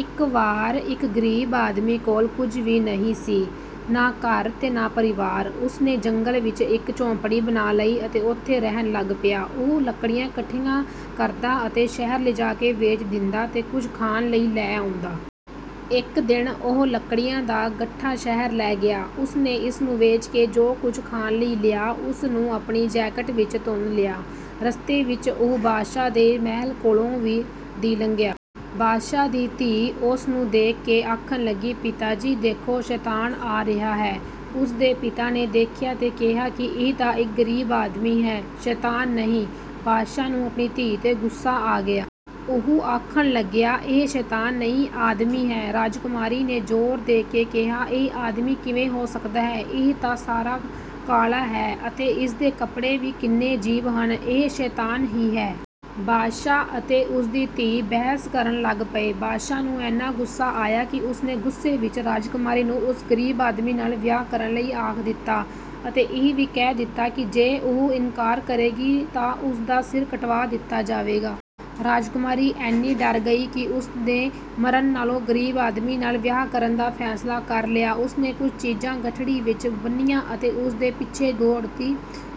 ਇੱਕ ਵਾਰ ਇੱਕ ਗ਼ਰੀਬ ਆਦਮੀ ਕੋਲ ਕੁਝ ਵੀ ਨਹੀਂ ਸੀ, ਨਾ ਘਰ ਤੇ ਨਾ ਪਰਿਵਾਰ। ਉਸ ਨੇ ਜੰਗਲ ਵਿੱਚ ਇੱਕ ਝੌਂਪੜੀ ਬਣਾ ਲਈ ਅਤੇ ਉੱਥੇ ਰਹਿਣ ਲੱਗ ਪਿਆ। ਉਹ ਲੱਕੜੀਆਂ ਇਕੱਠੀਆਂ ਕਰਦਾ ਅਤੇ ਸ਼ਹਿਰ ਲਿਜਾ ਕੇ ਵੇਚ ਦਿੰਦਾ ਤੇ ਕੁਝ ਖਾਣ ਲਈ ਲੈ ਆਉਂਦਾ। ਇੱਕ ਦਿਨ ਉਹ ਲੱਕੜੀਆਂ ਦਾ ਗੱਠਾ ਸ਼ਹਿਰ ਲੈ ਗਿਆ। ਉਸ ਨੇ ਇਸ ਨੂੰ ਵੇਚ ਕੇ ਜੋ ਕੁਝ ਖਾਣ ਲਈ ਲਿਆ, ਉਸ ਨੂੰ ਆਪਣੀ ਜੈਕਟ ਵਿੱਚ ਤੁੰਨ ਲਿਆ। ਰਸਤੇ ਵਿੱਚ ਉਹ ਬਾਦਸ਼ਾਹ ਦੇ ਮਹਿਲ ਕੋਲੋਂ ਦੀ ਲੰਘਿਆ। ਬਾਦਸ਼ਾਹ ਦੀ ਧੀ ਉਸ ਨੂੰ ਦੇਖ ਕੇ ਆਖਣ ਲੱਗੀ, "ਪਿਤਾ ਜੀ ਦੇਖੋ, ਸ਼ੈਤਾਨ ਆ ਰਿਹਾ ਹੈ।" ਉਸ ਦੇ ਪਿਤਾ ਨੇ ਦੇਖਿਆ ਤੇ ਕਿਹਾ ਕਿ ਇਹ ਤਾਂ ਇੱਕ ਗ਼ਰੀਬ ਆਦਮੀ ਹੈ, ਸ਼ੈਤਾਨ ਨਹੀਂ। ਬਾਦਸ਼ਾਹ ਨੂੰ ਆਪਣੀ ਧੀ 'ਤੇ ਗੁੱਸਾ ਆ ਗਿਆ। ਉਹ ਆਖਣ ਲੱਗਿਆ, "ਇਹ ਸ਼ੈਤਾਨ ਨਹੀਂ, ਆਦਮੀ ਹੈ।" ਰਾਜਕੁਮਾਰੀ ਨੇ ਜ਼ੋਰ ਦੇ ਕੇ ਕਿਹਾ, "ਇਹ ਆਦਮੀ ਕਿਵੇਂ ਹੋ ਸਕਦਾ ਹੈ। ਇਹ ਤਾਂ ਸਾਰਾ ਕਾਲਾ ਹੈ ਅਤੇ ਇਸ ਦੇ ਕੱਪੜੇ ਵੀ ਕਿੰਨੇ ਅਜੀਬ ਹਨ, ਇਹ ਸ਼ੈਤਾਨ ਹੀ ਹੈ।" ਬਾਦਸ਼ਾਹ ਅਤੇ ਉਸ ਦੀ ਧੀ ਬਹਿਸ ਕਰਨ ਲੱਗ ਪਏ। ਬਾਦਸ਼ਾਹ ਨੂੰ ਐਨਾ ਗੁੱਸਾ ਆਇਆ ਕਿ ਉਸ ਨੇ ਗੁੱਸੇ ਵਿੱਚ ਰਾਜਕੁਮਾਰੀ ਨੂੰ ਉਸ ਗ਼ਰੀਬ ਆਦਮੀ ਨਾਲ ਵਿਆਹ ਕਰਨ ਲਈ ਆਖ ਦਿੱਤਾ ਅਤੇ ਇਹ ਵੀ ਕਹਿ ਦਿੱਤਾ ਕਿ ਜੇ ਉਹ ਇਨਕਾਰ ਕਰੇਗੀ ਤਾਂ ਉਸ ਦਾ ਸਿਰ ਕਟਵਾ ਦਿੱਤਾ ਜਾਵੇਗਾ। ਰਾਜਕੁਮਾਰੀ ਐਨੀ ਡਰ ਗਈ ਕਿ ਉਸ ਨੇ ਮਰਨ ਨਾਲੋਂ ਗ਼ਰੀਬ ਆਦਮੀ ਨਾਲ ਵਿਆਹ ਕਰਨ ਦਾ ਫ਼ੈਸਲਾ ਕਰ ਲਿਆ। ਉਸ ਨੇ ਕੁਝ ਚੀਜ਼ਾਂ ਗੱਠੜੀ ਵਿੱਚ ਬੰਨ੍ਹੀਆਂ ਅਤੇ ਉਸ ਦੇ ਪਿੱਛੇ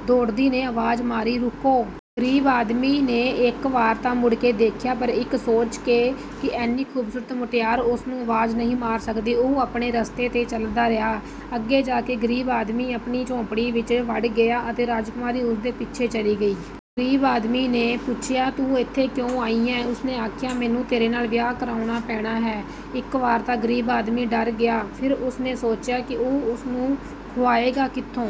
ਦੌੜਦੀ ਨੇ ਆਵਾਜ਼ ਮਾਰੀ, "ਰੁਕੋ।" ਗ਼ਰੀਬ ਆਦਮੀ ਨੇ ਇੱਕ ਵਾਰ ਤਾਂ ਮੁੜ ਕੇ ਦੇਖਿਆ ਪਰ ਇਕ ਸੋਚ ਕੇ ਕਿ ਐਨੀ ਖ਼ੂਬਸੂਰਤ ਮੁਟਿਆਰ ਉਸ ਨੂੰ ਆਵਾਜ਼ ਨਹੀਂ ਮਾਰ ਸਕਦੀ, ਉਹ ਆਪਣੇ ਰਸਤੇ 'ਤੇ ਚੱਲਦਾ ਰਿਹਾ। ਅੱਗੇ ਜਾ ਕੇ ਗ਼ਰੀਬ ਆਦਮੀ ਆਪਣੀ ਝੌਂਪੜੀ ਵਿੱਚ ਵੜ ਗਿਆ ਅਤੇ ਰਾਜਕੁਮਾਰੀ ਉਸ ਦੇ ਪਿੱਛੇ ਚਲੀ ਗਈ। ਗ਼ਰੀਬ ਆਦਮੀ ਨੇ ਪੁੱਛਿਆ, "ਤੂੰ ਇੱਥੇ ਕਿਉਂ ਆਈ ਐਂ?" ਉਸ ਨੇ ਆਖਿਆ, "ਮੈਨੂੰ ਤੇਰੇ ਨਾਲ ਵਿਆਹ ਕਰਾਉਣਾ ਪੈਣਾ ਹੈ।" ਇੱਕ ਵਾਰ ਤਾਂ ਗ਼ਰੀਬ ਆਦਮੀ ਡਰ ਗਿਆ। ਫਿਰ ਉਸ ਨੇ ਸੋਚਿਆ ਕਿ ਉਹ ਉਸ ਨੂੰ ਖੁਆਏਗਾ ਕਿੱਥੋਂ।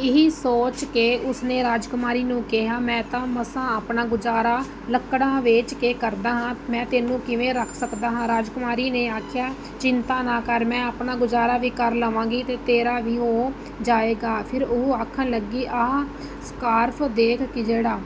ਇਹ ਸੋਚ ਕੇ ਉਸ ਨੇ ਰਾਜਕੁਮਾਰੀ ਨੂੰ ਕਿਹਾ, "ਮੈਂ ਤਾਂ ਮਸਾਂ ਆਪਣਾ ਗੁਜ਼ਾਰਾ ਲੱਕੜਾਂ ਵੇਚ ਕੇ ਕਰਦਾ ਹਾਂ, ਮੈਂ ਤੈਨੂੰ ਕਿਵੇਂ ਰੱਖ ਸਕਦਾ ਹਾਂ।" ਰਾਜਕੁਮਾਰੀ ਨੇ ਆਖਿਆ, "ਚਿੰਤਾ ਨਾ ਕਰ, ਮੈਂ ਆਪਣਾ ਗੁਜ਼ਾਰਾ ਵੀ ਕਰ ਲਵਾਂਗੀ ਤੇ ਤੇਰਾ ਵੀ ਹੋ ਜਾਇਗਾ।" ਫਿਰ ਉਹ ਆਖਣ ਲੱਗੀ, "ਆਹ ਸਕਾਰਫ਼ ਦੇਖ ਜਿਹੜਾ